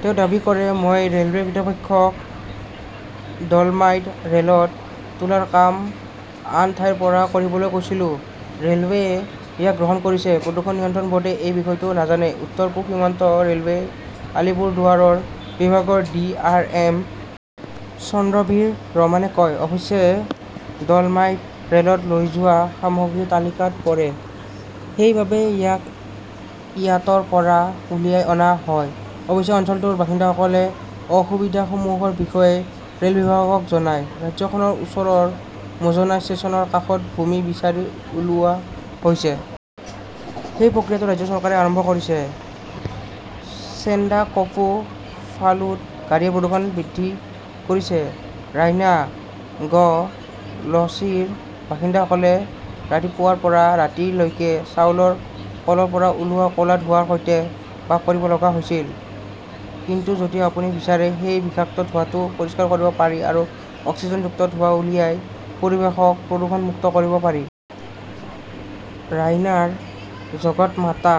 তেওঁ দাবী কৰে, "মই ৰেলৱে কৰ্তৃপক্ষক ডল'মাইট ৰেলত তোলাৰ কাম আন ঠাইৰ পৰা কৰিবলৈ কৈছিলোঁ। ৰেলৱেয়ে ইয়াক গ্ৰহণ কৰিছে। "প্ৰদূষণ নিয়ন্ত্ৰণ বৰ্ডে এই বিষয়টো নাজানে", উত্তৰ-পূব সীমান্ত ৰেলৱেৰ আলিপুৰদুৱাৰ বিভাগৰ ডি. আৰ. এম. চন্দ্ৰবীৰ ৰমনে কয়। অৱশ্যে, ডল'মাইট ৰেলত লৈ যোৱা সামগ্ৰীৰ তালিকাত পৰে। সেইবাবেই ইয়াক ইয়াতৰ পৰা উলিয়াই অনা হয়। অৱশ্যে, অঞ্চলটোৰ বাসিন্দাসকলে অসুবিধাসমূহৰ বিষয়ে ৰেলবিভাগক জনায়। ৰাজ্যখনৰ ওচৰৰ মুজনাই ষ্টেচনৰ কাষত ভূমি বিচাৰি উলিওৱা হৈছে। সেই প্ৰক্ৰিয়াটো ৰাজ্য চৰকাৰে আৰম্ভ কৰিছে। চেণ্ডাকফু-ফালুত গাড়ীয়ে প্ৰদূষণ বৃদ্ধি কৰিছে । ৰাইনা, গ 'লছিৰ বাসিন্দাসকলে ৰাতিপুৱাৰ পৰা ৰাতি লৈকে চাউলৰ কলৰ পৰা ওলোৱা ক' লা ধোঁৱাৰ সৈতে বাস কৰিব লগা হৈছিল। কিন্তু যদি আপুনি বিচাৰে, সেই বিষাক্ত ধোঁৱাটো পৰিষ্কাৰ কৰিব পাৰি আৰু অক্সিজেনযুক্ত ধোঁৱা উলিয়াই পৰিৱেশক প্ৰদুষণমূক্ত কৰিব পাৰি। ৰায়নাৰ জগতমাতা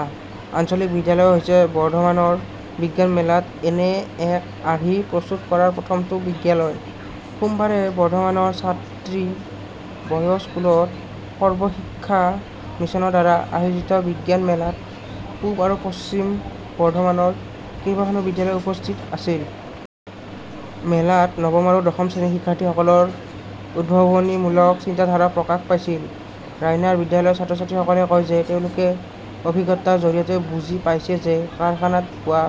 আঞ্চলিক বিদ্যালয় হৈছে বৰ্ধমানৰ বিজ্ঞান মেলাত এনে এক আৰ্হি প্ৰস্তুত কৰা প্ৰথমটো বিদ্যালয়। সোমবাৰে বৰ্ধমানৰ ছাত্ৰী বয়ছ স্কুলত সৰ্বশিক্ষা মিছনৰ দ্বাৰা আয়োজিত বিজ্ঞান মেলাত পূব আৰু পশ্চিম বৰ্ধমানৰ কেইবাখনো বিদ্যালয় উপস্থিত আছিল। মেলাত নৱম আৰু দশম শ্ৰেণীৰ শিক্ষাৰ্থীসকলৰ উদ্ভাৱনীমূলক চিন্তাধাৰা প্ৰকাশ পাইছিল। ৰাইনাৰ বিদ্যালয়ৰ ছাত্ৰ-ছাত্ৰীসকলে কয় যে, তেওঁলোকে অভিজ্ঞতাৰ জৰিয়তে বুজি পাইছে যে, কাৰখানাত হোৱা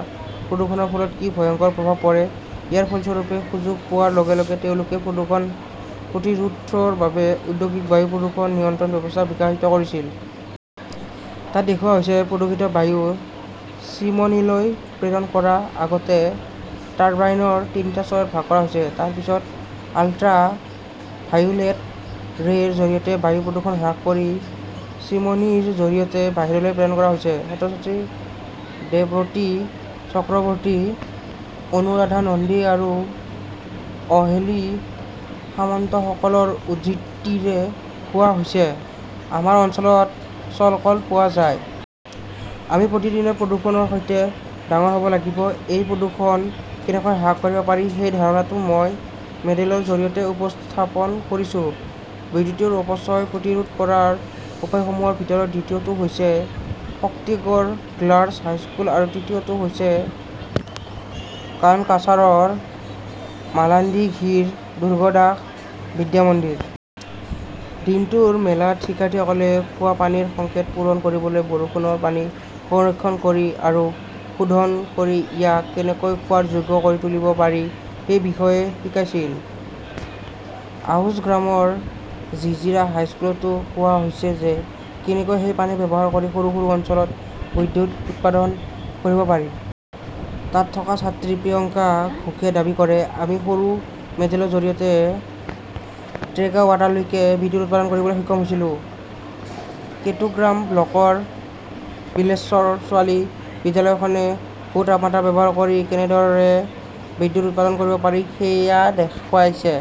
প্ৰদূষণৰ ফলত কি ভয়ংকৰ প্ৰভাৱ পৰে। ইয়াৰ ফলস্বৰূপে সুযোগ পোৱাৰ লগে লগে তেওঁলোকে প্ৰদূষণ প্ৰতিৰোধৰ বাবে "ঔদ্যোগিক বায়ু প্ৰদূষণ নিয়ন্ত্ৰণ ব্যৱস্থা" বিকশিত কৰিছিল। তাত দেখুওৱা হৈছে, প্ৰদূষিত বায়ু চিমনীলৈ প্ৰেৰণ কৰাৰ আগতে টাৰ্বাইনৰ তিনিটা স্তৰত ভাগ কৰা হৈছে। তাৰ পিছত 'আল্ট্ৰা ভায়োলেট ৰে" ৰ জৰিয়তে বায়ু প্ৰদূষণ হ্ৰাস কৰি চিমনীৰ জৰিয়তে বাহিৰলৈ প্ৰেৰণ কৰা হৈছে। ছাত্ৰ-ছাত্ৰী দেৱৰতী চক্ৰৱৰ্তী, অনুৰাধা নন্দী আৰু অহেলি সামন্তসকলৰ উদ্ধৃতিৰে কোৱা হৈছে, "আমাৰ অঞ্চলত চলকল পোৱা যায়। আমি প্ৰতিদিনে প্ৰদূষণৰ সৈতে ডাঙৰ হ 'ব লাগিব। এই প্ৰদূষণ কেনেকৈ হ্ৰাস কৰিব পাৰি সেই ধাৰণাটো মই মডেলৰ জৰিয়তে উপস্থাপন কৰিছো। "বিদ্যুৎৰ অপচয় প্ৰতিৰোধ কৰাৰ উপায়সমূহৰ ভিতৰত দ্বিতীয়টো হৈছে শক্তিগড় গাৰ্লছ হাইস্কুল আৰু তৃতীয়টো হৈছে কানকাছাৰৰ মালাণ্ডিঘিৰ দুৰ্গাদাস বিদ্যা মন্দিৰ। দিনটোৰ মেলাত শিক্ষাৰ্থীসকলে খোৱা পানীৰ সংকট পূৰণ কৰিবলৈ বৰষুণৰ পানী সংৰক্ষণ আৰু শোধন কৰি ইয়াক কেনেকৈ খোৱাৰ যোগ্য কৰি তুলিব পাৰি সেই বিষয়ে শিকাইছিল। আউছগ্ৰামৰ জিজিৰা হাইস্কুলতো কোৱা হৈছে যে, কেনেকৈ সেই পানী ব্যৱহাৰ কৰি সৰু সৰু অঞ্চলত বিদ্যুৎ উৎপাদন কৰিব পাৰি। তাত থকা ছাত্ৰী প্ৰিয়ংকা ঘোষে দাবী কৰে, "আমি সৰু মডেলৰ জৰিয়তে ট্ৰেগাৱাটলৈকে বিদ্যুৎ উৎপাদন কৰিবলৈ সক্ষম হৈছিলো"। কেটুগ্ৰাম ব্লকৰ বিল্লেশ্বৰ ছোৱালী বিদ্যালয়খনে ভূ-তাপমাত্ৰা ব্যৱহাৰ কৰি কেনেদৰে বিদ্যুৎ উৎপাদন কৰিব পাৰি সেয়া দেখুৱাইছে।